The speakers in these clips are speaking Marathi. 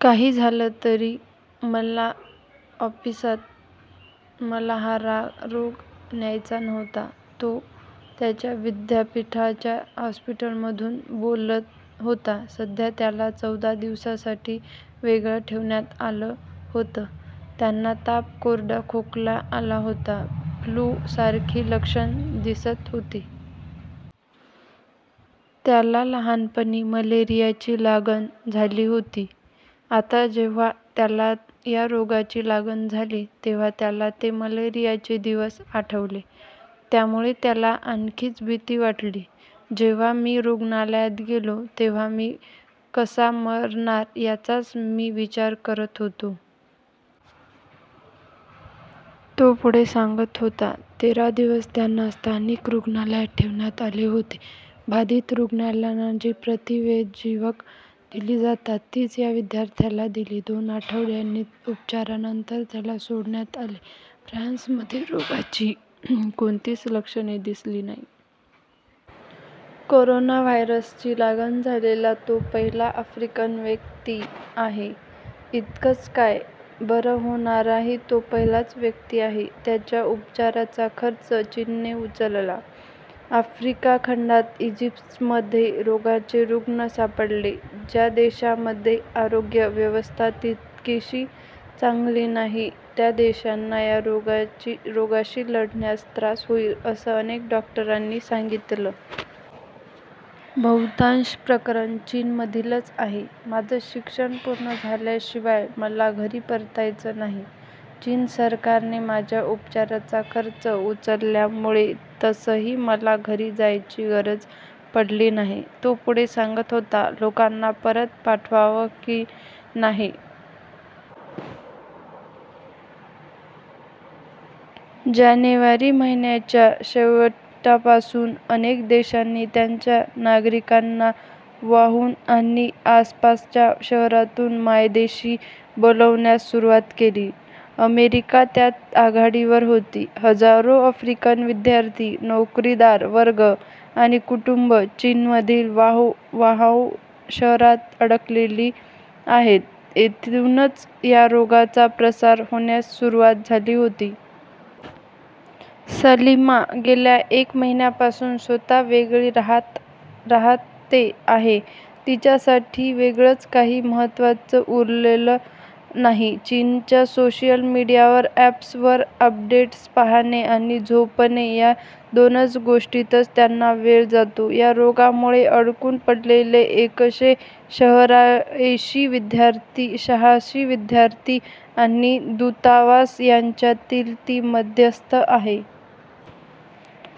काही झालं तरी मला ऑफिसात मला हा राग रोग न्यायचा नव्हता. तो त्याच्या विद्यापीठाच्या हॉस्टेलमधून बोलत होता. सध्या त्याला चौदा दिवसांसाठी वेगळं ठेवण्यात आलं होतं. त्याला ताप, कोरडा खोकला आला होता. फ्लू सारखी लक्षणं दिसत होती. त्याला लहानपणी मलेरियाची लागण झाली होती. आता जेव्हा त्याला या रोगाची लागण झाली तेव्हा त्याला ते मलेरियाचे दिवस आठवले. त्यामुळे त्याला आणखीच भीती वाटली. जेव्हा मी रुग्णालयात गेलो तेव्हा मी कसा मरणार याचाच मी विचार करत होतो. तो पुढे सांगत होता. तेरा दिवस त्यांना स्थानिक रुग्णालयात ठेवण्यात आलं होतं. बाधित रुग्णांना जी प्रतिजैविकं दिली जातात तीच या विद्यार्थ्याला दिली. दोन आठवड्यांच्या उपचारानंतर त्याला सोडण्यात आलं. स्कॅनमध्ये रोगाची कोणतीच लक्षणं दिसली नाही. कोरोना व्हायरसची लागण झालेला तो पहिला अफ्रिकन व्यक्ती आहे. इतकंच काय बरा होणाराही तो पहिलाच व्यक्ती आहे. त्याच्या उपचारांचा खर्च चीनने उचलला. आफ्रिका खंडात इजिप्तमध्ये या रोगाचे रुग्ण सापडले. ज्या देशांमध्ये आरोग्य व्यवस्था तितकीशी चांगली नाही त्या देशांना या रोगाशी लढण्यास त्रास होईल असं अनेक डॉक्टरांनी सांगितलं. बहुतांश प्रकरणं चीनमधीलच आहे. माझं शिक्षण पूर्ण झाल्याशिवाय मला घरी परतायचं नाही. चीन सरकारने माझ्या उपचाराचा खर्च उचलल्यामुळे तसंही मला घरी जायची गरज पडली नाही. तो पुढे सांगत होता. लोकांना परत पाठवावं की नाही? जानेवारी महिन्याच्या शेवटापासून अनेक देशांनी त्यांच्या नागरिकांना वुहान आणि आसपासच्या शहरातून मायदेशी बोलावण्यास सुरुवात केली. अमेरिका त्यात आघाडीवर होता. हजारो अफ्रिकन विद्यार्थी, नोकरदार वर्ग आणि कुटुंबं चीनमधील वुहान शहरात अडकली आहेत. इथूनच या रोगाचा प्रसार होण्यास सुरुवात झाली होती. सलीमा गेल्या एक महिन्यापासून स्वत:च वेगळ्या राहते आहे. तिच्यासाठी वेळेचं काही महत्त्वच उरलेलं नाही. चीनच्या सोशल मीडिया अप्स वर अपडेट्स पाहणे आणि झोपणे या दोनच गोष्टीतच त्यांचा वेळ जातो. या रोगामुळे अडकून पडलेले एकशे शहाऐंशी विद्यार्थी आणि दुतावास यांच्यातली ती मध्यस्थ आहे.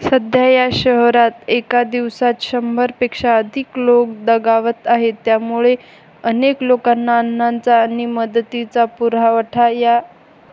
सध्या या शहरात एका दिवसात शंभर पेक्षा अधिक लोक दगावत आहेत. त्यामुळे अनेक लोकांना अन्नाचा आणि मदतीचा पुरवठा या